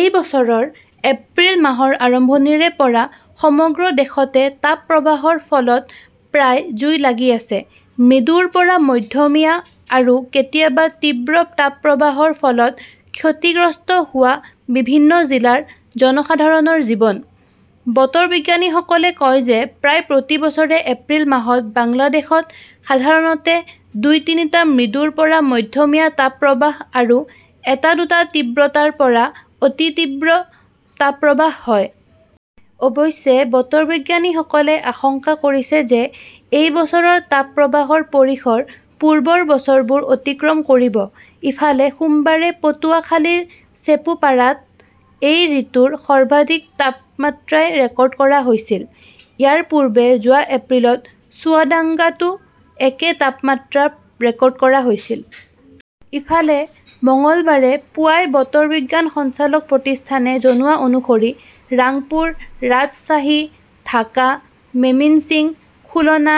এই বছৰৰ এপ্ৰিল মাহৰ আৰম্ভণিৰে পৰা সমগ্ৰ দেশতে তাপপ্ৰবাহৰ ফলত প্ৰায় জুই লাগি আছে। মৃদুৰ পৰা মধ্যমীয়া আৰু কেতিয়াবা তীব্ৰ তাপপ্ৰবাহৰ ফলত ক্ষতিগ্ৰস্ত হোৱা বিভিন্ন জিলাৰ জনসাধাৰণৰ জীৱন। বতৰ বিজ্ঞানীসকলে কয় যে প্ৰায় প্ৰতি বছৰে এপ্ৰিল মাহত বাংলাদেশত সাধাৰণতে দুই, তিনিটা মৃদুৰ পৰা মধ্যমীয়া তাপপ্ৰবাহ আৰু এটা-দুটা তীব্ৰতাৰ পৰা অতি তীব্ৰ তাপপ্ৰবাহ হয়। অৱশ্যে, বতৰ বিজ্ঞানীসকলে আশংকা কৰিছে যে এই বছৰৰ তাপপ্ৰবাহৰ পৰিসৰ পূৰ্বৰ বছৰবোৰ অতিক্ৰম কৰিব। ইফালে, সোমবাৰে পটুৱাখালীৰ চেপুপাৰাত এই ঋতুৰ সৰ্বাধিক তাপমাত্ৰাই ৰেকৰ্ড কৰা হৈছিল। ইয়াৰ পূৰ্বে যোৱা এপ্ৰিলত চুৱাদাংগাতো একে তাপমাত্ৰা ৰেকৰ্ড কৰা হৈছিল। ইফালে, মঙলবাৰে পুৱাই বতৰ বিজ্ঞান সঞ্চালক প্ৰতিষ্ঠানে জনোৱা অনুসৰি, ৰাংপুৰ, ৰাজশ্বাহী, ঢাকা, মেমিন্সিং, খুলনা,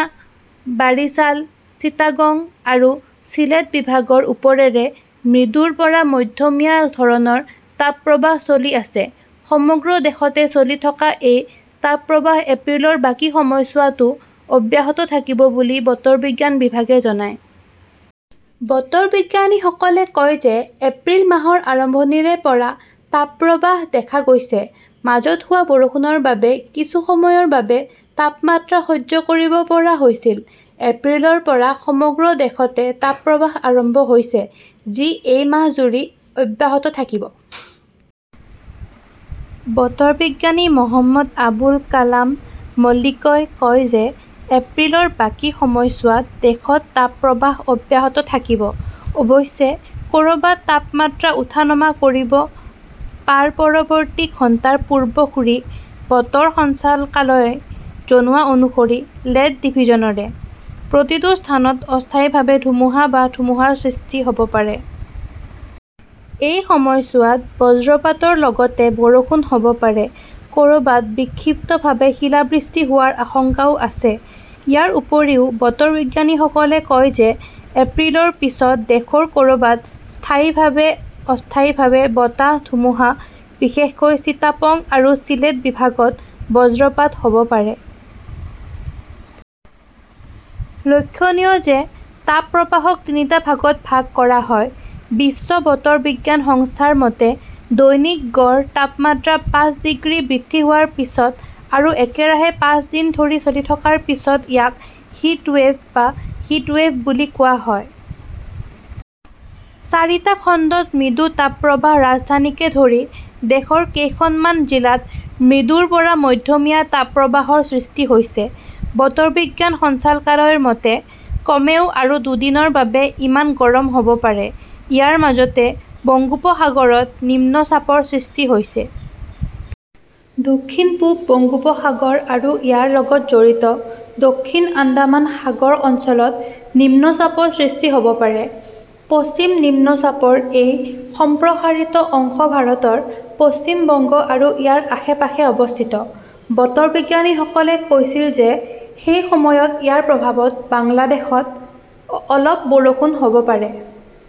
বাৰিছাল, চিটাগং আৰু চিলেট বিভাগৰ ওপৰেৰে মৃদুৰ পৰা মধ্যমীয়া ধৰণৰ তাপপ্ৰবাহ চলি আছে। সমগ্ৰ দেশতে চলি থকা এই তাপপ্ৰবাহ এপ্ৰিলৰ বাকী সময়ছোৱাতো অব্যাহত থাকিব বুলি বতৰ বিজ্ঞান বিভাগে জনায়। বতৰ বিজ্ঞানীসকলে কয় যে এপ্ৰিল মাহৰ আৰম্ভণিৰে পৰা তাপপ্ৰবাহ দেখা গৈছে। মাজত হোৱা বৰষুণৰ বাবে কিছু সময়ৰ বাবে তাপমাত্ৰা সহ্য কৰিব পৰা হৈছিল। এপ্ৰিলৰ পৰা সমগ্ৰ দেশতে তাপপ্ৰবাহ আৰম্ভ হৈছে, যি এই মাহজুৰি অব্যাহত থাকিব। বতৰ বিজ্ঞানী মহম্মদ আবুল কালাম মল্লিকই কয় যে এপ্ৰিলৰ বাকী সময়ছোৱাত দেশত তাপপ্ৰবাহ অব্যাহত থাকিব। অৱশ্যে, ক'ৰবাত তাপমাত্ৰা উঠা নমা কৰিব পাৰপৰৱৰ্তী ঘণ্টাৰ পূৰ্বসূৰী বতৰ সঞ্চালকালয়ই জনোৱা অনুসৰি, লেট ডিভিজনৰে। প্ৰতিটো স্থানত অস্থায়ীভাৱে ধুমুহা বা ধুমুহাৰ সৃষ্টি হ'ব পাৰে। এই সময়ছোৱাত বজ্ৰপাতৰ লগতে বৰষুণ হ'ব পাৰে। ক'ৰবাত বিক্ষিপ্তভাৱে শিলাবৃষ্টি হোৱাৰ আশংকাও আছে। ইয়াৰ উপৰিও, বতৰ বিজ্ঞানীসকলে কয় যে এপ্ৰিলৰ পিছত দেশৰ ক'ৰবাত স্থায়ীভাৱে অস্থায়ীভাৱে বতাহ, ধুমুহা, বিশেষকৈ চিটাগং আৰু চিলেট বিভাগত বজ্ৰপাত হ'ব পাৰে। লক্ষণীয় যে তাপ প্ৰবাহক তিনিটা ভাগত ভাগ কৰা হয়। বিশ্ব বতৰ বিজ্ঞান সংস্থাৰ মতে, দৈনিক গঢ় তাপমাত্ৰা পাঁচ ডিগ্ৰী বৃদ্ধি হোৱাৰ পিছত আৰু একেৰাহে পাঁচ দিন ধৰি চলি থকাৰ পিছত ইয়াক হিটৱেভ বা হিটৱেভ বুলি কোৱা হয়। চাৰিটা খণ্ডত মৃদু তাপপ্ৰবাহ ৰাজধানীকে ধৰি দেশৰ কেইখনমান জিলাত মৃদুৰ পৰা মধ্যমীয়া তাপপ্ৰবাহৰ সৃষ্টি হৈছে। বতৰ বিজ্ঞান সঞ্চালকালয়ৰ মতে, কমেও আৰু দুদিনৰ বাবে ইমান গৰম হ'ব পাৰে। ইয়াৰ মাজতে বংগোপসাগৰত নিম্নচাপৰ সৃষ্টি হৈছে। দক্ষিণ-পূব বংগোপসাগৰ আৰু ইয়াৰ লগত জড়িত দক্ষিণ আন্দামান সাগৰ অঞ্চলত নিম্নচাপৰ সৃষ্টি হ'ব পাৰে। পশ্চিম নিম্নচাপৰ এটা সম্প্ৰসাৰিত অংশ ভাৰতৰ পশ্চিম বংগ আৰু ইয়াৰ আশে-পাশে অৱস্থিত। বতৰ বিজ্ঞানীসকলে কৈছিল যে, সেই সময়ত ইয়াৰ প্ৰভাৱত বাংলাদেশত অলপ বৰষুণ হ'ব পাৰে।